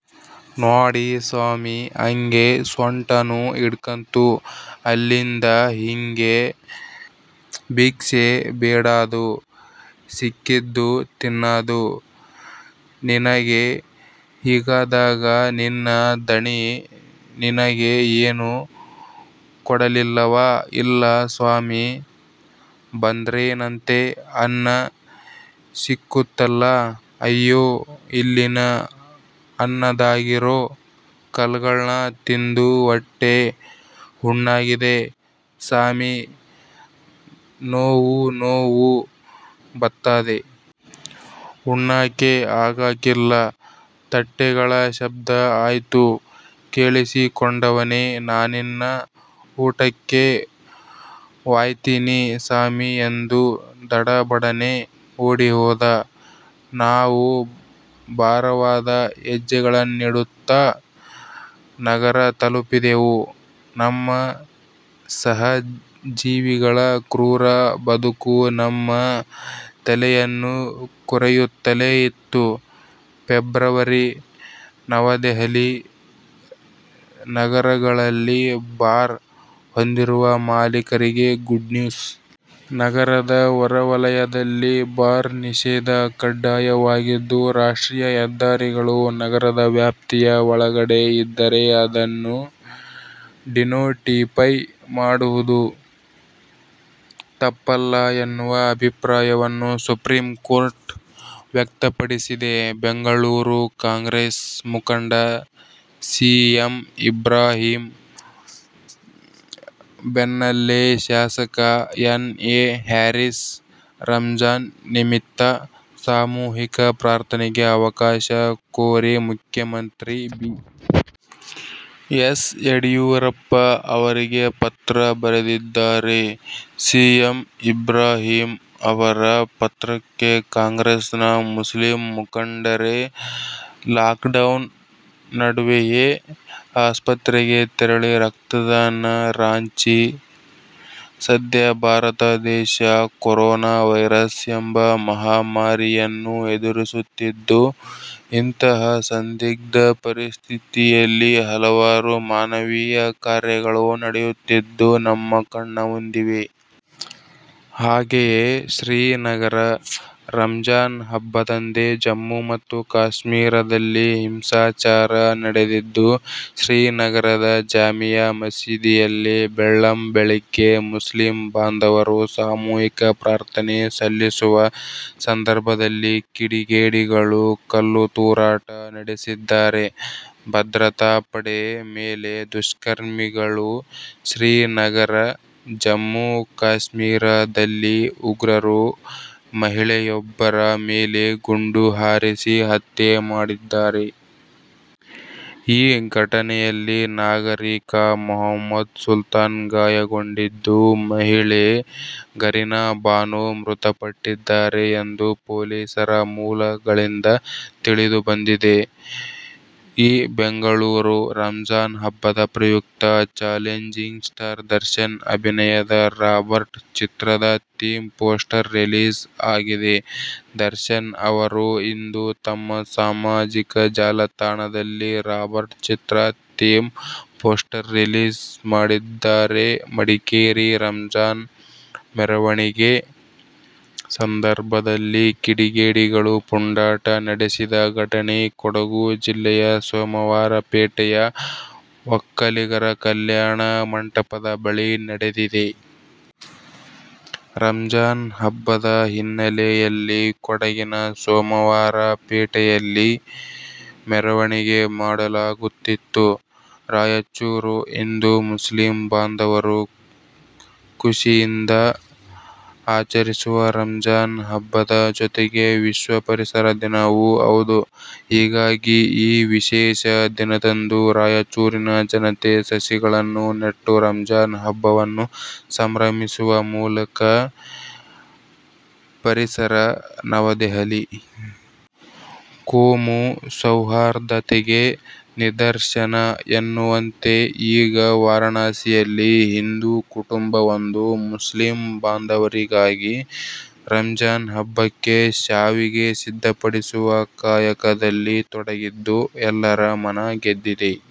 ನ್ವಾಡಿ ಸಾಮಿ, ಅಂಗೆ ಸ್ವಂಟನೂ ಇಡ್ಕಂತು. ಅಲ್ಲಿಂದ ಹಿಂಗೇ ಬಿಕ್ಸೆ ಬೇಡಾದು, ಸಿಕ್ಕಿದ್ದು ತಿನ್ನಾದು. -ನಿನಗೆ ಹೀಗಾದಾಗ ನಿನ್ನ ಧಣಿ ನಿನಗೆ ಏನೂ ಕೊಡಲಿಲ್ಲವಾ? ಇಲ್ಲ, ಸಾಮಿ – ಬಂದ್ರೇನಂತೆ ಅನ್ನ ಸಿಕ್ಕುತ್ತಲ್ಲಾ? ಅಯ್ಯೋ, ಇಲ್ಲಿನ ಅನ್ನದಾಗಿರೋ ಕಲ್ಗಳ್ನ ತಿಂದು ವಟ್ಟೆ ಉಣ್ಣಾಗಿದೆ, ಸಾಮಿ, ನೋವು ನೋವು ಬತ್ತಾದೆ. ಉಣ್ಣಾಕೆ ಆಗಾಕಿಲ್ಲ. ತಟ್ಟೆಗಳ ಶಬ್ದ ಆಯ್ತು. ಕೇಳಿಸಿಕೊಂಡವನೆ ನಾನಿನ್ನ ಊಟಕ್ಕೆ ವಾಯ್ತಿನಿ ಸಾಮಿ ಎಂದು ದಡಬಡನೆ ಓಡಿಹೋದ. ನಾವು ಭಾರವಾದ ಹೆಜ್ಜೆಗಳನ್ನಿಡುತ್ತಾ ನಗರ ತಲಪಿದೆವು. ನಮ್ಮ ಸಹ ಜೀವಿಗಳ ಕ್ರೂರ ಬದುಕು ನಮ್ಮ ತಲೆಯನ್ನು ಕೊರೆಯುತ್ತಲೇ ಇತ್ತು. ಫೆಬ್ರವರಿ ನವದೆಹಲಿ: ನಗರಗಳಲ್ಲಿ ಬಾರ್ ಹೊಂದಿರುವ ಮಾಲೀಕರಿಗೆ ಗುಡ್ನ್ಯೂಸ್. ನಗರದ ಹೊರವಲಯದಲ್ಲಿ ಬಾರ್ ನಿಷೇಧ ಕಡ್ಡಾಯವಾಗಿದ್ದು, ರಾಷ್ಟ್ರೀಯ ಹೆದ್ದಾರಿಗಳು ನಗರದ ವ್ಯಾಪ್ತಿಯ ಒಳಗಡೆ ಇದ್ದರೆ ಅದನ್ನು ಡಿನೋಟಿಫೈ ಮಾಡುವುದು ತಪ್ಪಲ್ಲ ಎನ್ನುವ ಅಭಿಪ್ರಾಯವನ್ನು ಸುಪ್ರೀಂ ಕೋರ್ಟ್ ವ್ಯಕ್ತಪಡಿಸಿದೆ. ಬೆಂಗಳೂರು: ಕಾಂಗ್ರೆಸ್ ಮುಖಂಡ ಸಿಎಂ ಇಬ್ರಾಹಿಂ ಬೆನ್ನಲ್ಲೇ ಶಾಸಕ ಎನ್. ಎ. ಹ್ಯಾರಿಸ್ ರಂಜಾನ್ ನಿಮಿತ್ತ ಸಾಮೂಹಿಕ ಪ್ರಾರ್ಥನೆಗೆ ಅವಕಾಶ ಕೋರಿ ಮುಖ್ಯಮಂತ್ರಿ ಬಿ. ಎಸ್. ಯಡಿಯೂರಪ್ಪ ಅವರಿಗೆ ಪತ್ರ ಬರೆದಿದ್ದಾರೆ. ಸಿಎಂ ಇಬ್ರಾಹಿಂ ಅವರ ಪತ್ರಕ್ಕೆ ಕಾಂಗ್ರೆಸ್ನ ಮುಸ್ಲಿಂ ಮುಖಂಡರೇ– ಲಾಕ್ಡೌನ್ ನಡ್ವೆಯೇ ಆಸ್ಪತ್ರೆಗೆ ತೆರಳಿ ರಕ್ತದಾನ ರಾಂಚಿ: ಸದ್ಯ ಭಾರತ ದೇಶ ಕೊರೊನಾ ವೈರಸ್ ಎಂಬ ಮಹಾಮಾರಿಯನ್ನು ಎದುರಿಸುತ್ತಿದ್ದು, ಇಂತಹ ಸಂದಿಗ್ಧ ಪರಿಸ್ಥಿತಿಯಲ್ಲಿ ಹಲವಾರು ಮಾನವೀಯ ಕಾರ್ಯಗಳು ನಡೆಯುತ್ತಿದ್ದು, ನಮ್ಮ ಕಣ್ಣ ಮುಂದಿವೆ. ಹಾಗೆಯೇ ಶ್ರೀನಗರ: ರಂಜಾನ್ ಹಬ್ಬದಂದೇ ಜಮ್ಮು ಮತ್ತು ಕಾಶ್ಮೀರದಲ್ಲಿ ಹಿಂಸಾಚಾರ ನಡೆದಿದ್ದು, ಶ್ರೀನಗರದ ಜಾಮಿಯಾ ಮಸೀದಿಯಲ್ಲಿ ಬೆಳ್ಳಂಬೆಳಗ್ಗೆ ಮುಸ್ಲಿಂ ಬಾಂಧವರು ಸಾಮೂಹಿಕ ಪ್ರಾರ್ಥನೆ ಸಲ್ಲಿಸುವ ಸಂದರ್ಭದಲ್ಲಿ ಕಿಡಿಗೇಡಿಗಳು ಕಲ್ಲು ತೂರಾಟ ನಡೆಸಿದ್ದಾರೆ. ಭದ್ರತಾ ಪಡೆ ಮೇಲೆ ದುಷ್ಕರ್ಮಿಗಳುಶ್ರೀನಗರ: ಜಮ್ಮು- ಕಾಶ್ಮೀರದಲ್ಲಿ ಉಗ್ರರು ಮಹಿಳೆಯೊಬ್ಬರ ಮೇಲೆ ಗುಂಡು ಹಾರಿಸಿ ಹತ್ಯೆ ಮಾಡಿದ್ದಾರೆ. ಈ ಘಟನೆಯಲ್ಲಿ ನಾಗರಿಕ ಮೊಹಮ್ಮದ್ ಸುಲ್ತಾನ್ ಗಾಯಗೊಂಡಿದ್ದು, ಮಹಿಳೆ ನಗೀನಾ ಬಾನೋ ಮೃತಪಟ್ಟಿದ್ದಾರೆ ಎಂದು ಪೊಲೀಸರ ಮೂಲಗಳಿಂದ ತಿಳಿದು ಬಂದಿದೆ. ಈಬೆಂಗಳೂರು: ರಂಜಾನ್ ಹಬ್ಬದ ಪ್ರಯುಕ್ತ ಚಾಲೆಂಜಿಂಗ್ ಸ್ಟಾರ್ ದರ್ಶನ್ ಅಭಿನಯದ 'ರಾಬರ್ಟ್' ಚಿತ್ರದ ಥೀಮ್ ಪೋಸ್ಟರ್ ರಿಲೀಸ್ ಆಗಿದೆ. ದರ್ಶನ್ ಅವರು ಇಂದು ತಮ್ಮ ಸಾಮಾಜಿಕ ಜಾಲತಾಣದಲ್ಲಿ ರಾಬರ್ಟ್ ಚಿತ್ರ ಥೀಮ್ ಪೋಸ್ಟರ್ ರಿಲೀಸ್ ಮಾಡಿದ್ದಾರೆಮಡಿಕೇರಿ: ರಂಜಾನ್ ಮೆರವಣಿಗೆ ಸಂದರ್ಭದಲ್ಲಿ ಕಿಡಿಗೇಡಿಗಳು ಪುಂಡಾಟ ನಡೆಸಿದ ಘಟನೆ ಕೊಡಗು ಜಿಲ್ಲೆಯ ಸೋಮವಾರಪೇಟೆಯ ಒಕ್ಕಲಿಗರ ಕಲ್ಯಾಣ ಮಂಟಪದ ಬಳಿ ನಡೆದಿದೆ. ರಂಜಾನ್ ಹಬ್ಬದ ಹಿನ್ನೆಲೆಯಲ್ಲಿ ಕೊಡಗಿನ ಸೋಮವಾರಪೇಟೆಯಲ್ಲಿ ಮೆರವಣಿಗೆ ಮಾಡಲಾಗುತಿತ್ತು. ರಾಯಚೂರು: ಇಂದು ಮುಸ್ಲಿಂ ಬಾಂಧವರು ಖುಷಿಯಿಂದ ಆಚರಿಸುವ ರಂಜಾನ್ ಹಬ್ಬದ ಜೊತೆಗೆ ವಿಶ್ವ ಪರಿಸರ ದಿನವೂ ಹೌದು. ಹೀಗಾಗಿ ಈ ವಿಶೇಷ ದಿನದಂದು ರಾಯಚೂರಿನ ಜನತೆ ಸಸಿಗಳನ್ನು ನೆಟ್ಟು ರಂಜಾನ್ ಹಬ್ಬವನ್ನು ಸಂಭ್ರಮಿಸುವ ಮೂಲಕ ಪರಿಸರನವದೆಹಲಿ: ಕೋಮು ಸೌಹಾರ್ದತೆಗೆ ನಿದರ್ಶನ ಎನ್ನುವಂತೆ ಈಗ ವಾರಣಾಸಿಯಲ್ಲಿ ಹಿಂದೂ ಕುಟುಂಬವೊಂದು ಮುಸ್ಲಿಂ ಬಾಂಧವರಿಗಾಗಿ ರಂಜಾನ್ ಹಬ್ಬಕ್ಕೆ ಶ್ಯಾವಿಗೆ ಸಿದ್ಧಪಡಿಸುವ ಕಾಯಕದಲ್ಲಿ ತೊಡಗಿದ್ದು ಎಲ್ಲರ ಮನ ಗೆದ್ದಿದೆ